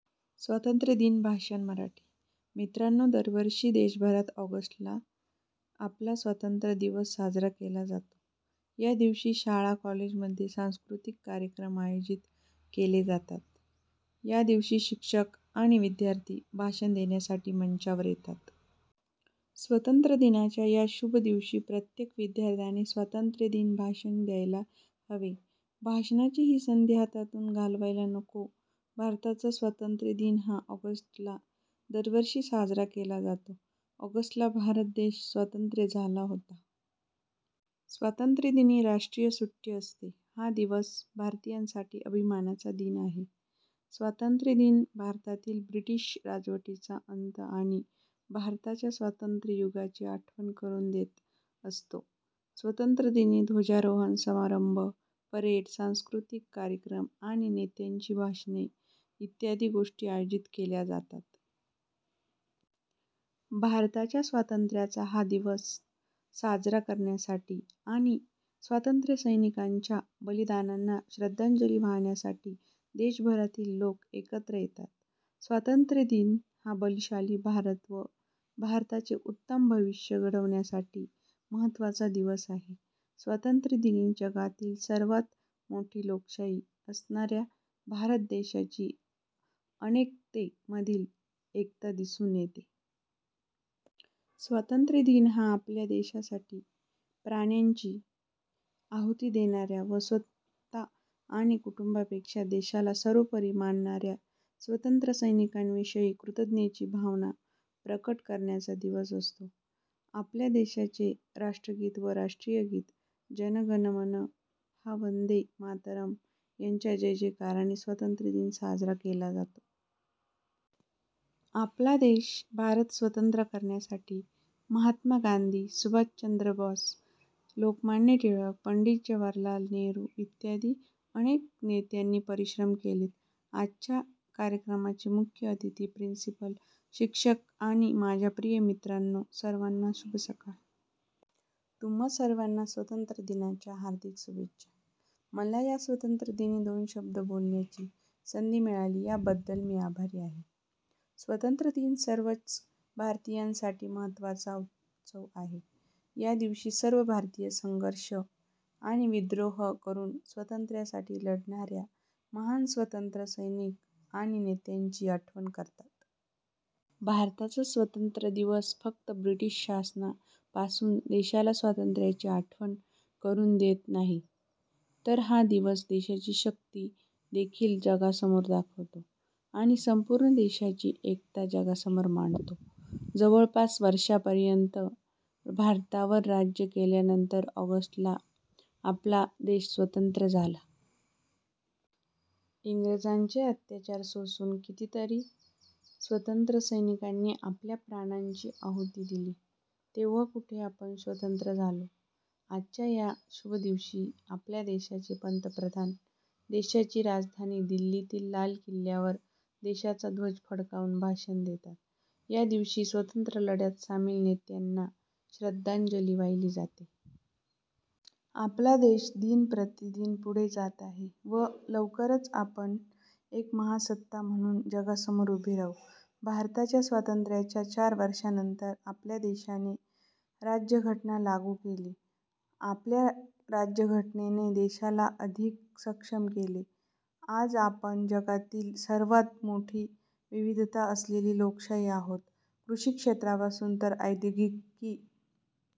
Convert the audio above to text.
स्वातंत्र्य दिन भाषण मराठी -: मित्रांनो दरवर्षी देशभरात ऑगस्ट ला आपला स्वतंत्र दिवस साजरा केला जातो. या दिवशी शाळा कॉलेजमध्ये सांस्कृतिक कार्यक्रम आयोजित केले जातात. या दिवशी शिक्षक आणि विद्यार्थी भाषण देण्यासाठी मंचावर येतात. स्वतंत्र दिनाच्या या शुभ दिवशी प्रत्येक विद्यार्थ्याने स्वातंत्र्य दिन भाषण द्यायला हवे. भाषणाची ही संधी हातातून घालवायला नको. भारताचा स्वातंत्र्य दिन हा ऑगस्ट ला दरवर्षी साजरा केला जातो. ऑगस्ट ला भारत देश स्वातंत्र्य झाला होता. स्वातंत्र्यदिनी राष्ट्रीय सुट्टी असते, हा दिवस भारतीयांसाठी अभिमानाचा दिन आहे. स्वातंत्र्य दिन भारतातील ब्रिटिश राजवटीचा अंत आणि भारताच्या स्वातंत्र्य युगाची आठवण करून देत असतो. स्वतंत्रदिनी ध्वजारोहण समारंभ, परेड, सांस्कृतिक कार्यक्रम आणि नेत्यांची भाषणे इत्यादी गोष्टी आयोजित केल्या जातात. भारताच्या स्वातंत्र्याचा हा दिवस साजरा करण्यासाठी आणि स्वातंत्र्यसैनिकांच्या बलिदानांना श्रद्धांजली वाहण्यासाठी देशभरातील लोक एकत्र येतात. स्वातंत्र्य दिन हा बलशाली भारत व भारताचे उत्तम भविष्य घडवण्यासाठी महत्त्वाचा दिवस आहे. स्वातंत्र्यदिनी जगातील सर्वात मोठी लोकशाही असणाऱ्या भारत देशाची अनेकते मधील एकता दिसून येते. स्वातंत्र्य दिन हा आपल्या देशासाठी प्राण्यांची आहुती देणाऱ्या व स्वतः आणि कुटुंबापेक्षा देशाला सर्वोपरी मानणाऱ्या स्वतंत्र सैनिकांविषयी कृतज्ञतेची भावना प्रकट करण्याचा दिवस असतो. आपल्या देशाचे राष्ट्रगीत व राष्ट्रीय गीत, जनगणमन हा वंदे मातरम यांच्या जयकाराने स्वातंत्र्य दिन साजरा केला जातो. आपला देश भारत स्वतंत्र करण्यासाठी महात्मा गांधी, सुभाष चंद्र बॉस, लोकमान्य टिळक, पंडित जवाहरलाल नेहरू इत्यादि अनेक नेत्यांनी परिश्रम केलेत. आजच्या कार्यक्रमाचे मुख्य अतिथी, प्रिन्सिपल, शिक्षक आणि माझ्या प्रिय मित्रांनो सर्वांना शुभ सकाळ. तुम्हा सर्वांना स्वतंत्र दिनाच्या हार्दिक शुभेच्छा. मला या स्वतंत्र दिनी दोन शब्द बोलण्याची संधी मिळाली या बद्दल मी आभारी आहे. स्वतंत्र दिन सर्वच भारतीयांसाठी महत्त्वाचा उत्सव आहे. या दिवशी सर्व भारतीय संघर्ष आणि विद्रोह करून स्वातंत्र्यासाठी लढणाऱ्या महान स्वतंत्र सैनिक आणि नेत्याची आठवण करतात. भारताचा स्वतंत्र दिवस फक्त ब्रिटिश शासना पासून देशाला स्वातंत्र्याची आठवण करून देत नाही, तर हा दिवस देशाची शक्ती देखील जगासमोर दाखवतो. आणि संपूर्ण देशाची एकता जगासमोर मांडतो. जवळपास वर्षापर्यंत भारतावर राज्य केल्यानंतर ऑगस्ट ला आपला देश स्वतंत्र झाला. इंग्रजांचे अत्याचार सोसून कितीतरी स्वतंत्र सैनिकांनी आपल्या प्राणांची आहुती दिली. तेव्हा कुठे आपण स्वतंत्र झालो. आजच्या या शुभ दिवशी आपल्या देशाचे पंतप्रधान देशाची राजधानी दिल्लीतील लाल किल्ल्यावर देशाचा ध्वज फडकावून भाषण देतात. या दिवशी स्वतंत्र लढ्यात सामील नेत्यांना श्रद्धांजली वाहिली जाते. आपला देश दिन प्रतिदिन पुढे जात आहे. व लवकरच आपण एक महासत्ता म्हणून जगासमोर उभे राहू. भारताच्या स्वातंत्र्याच्या चार वर्षानंतर आपल्या देशाने राज्यघटना लागू केली. आपल्या राज्यघटनेने देशाला अधिक सक्षम केले. आज आपण जगातील सर्वात मोठी विविधता असलेली लोकशाही आहोत. कृषी क्षेत्रापासून तर औद्योगिकी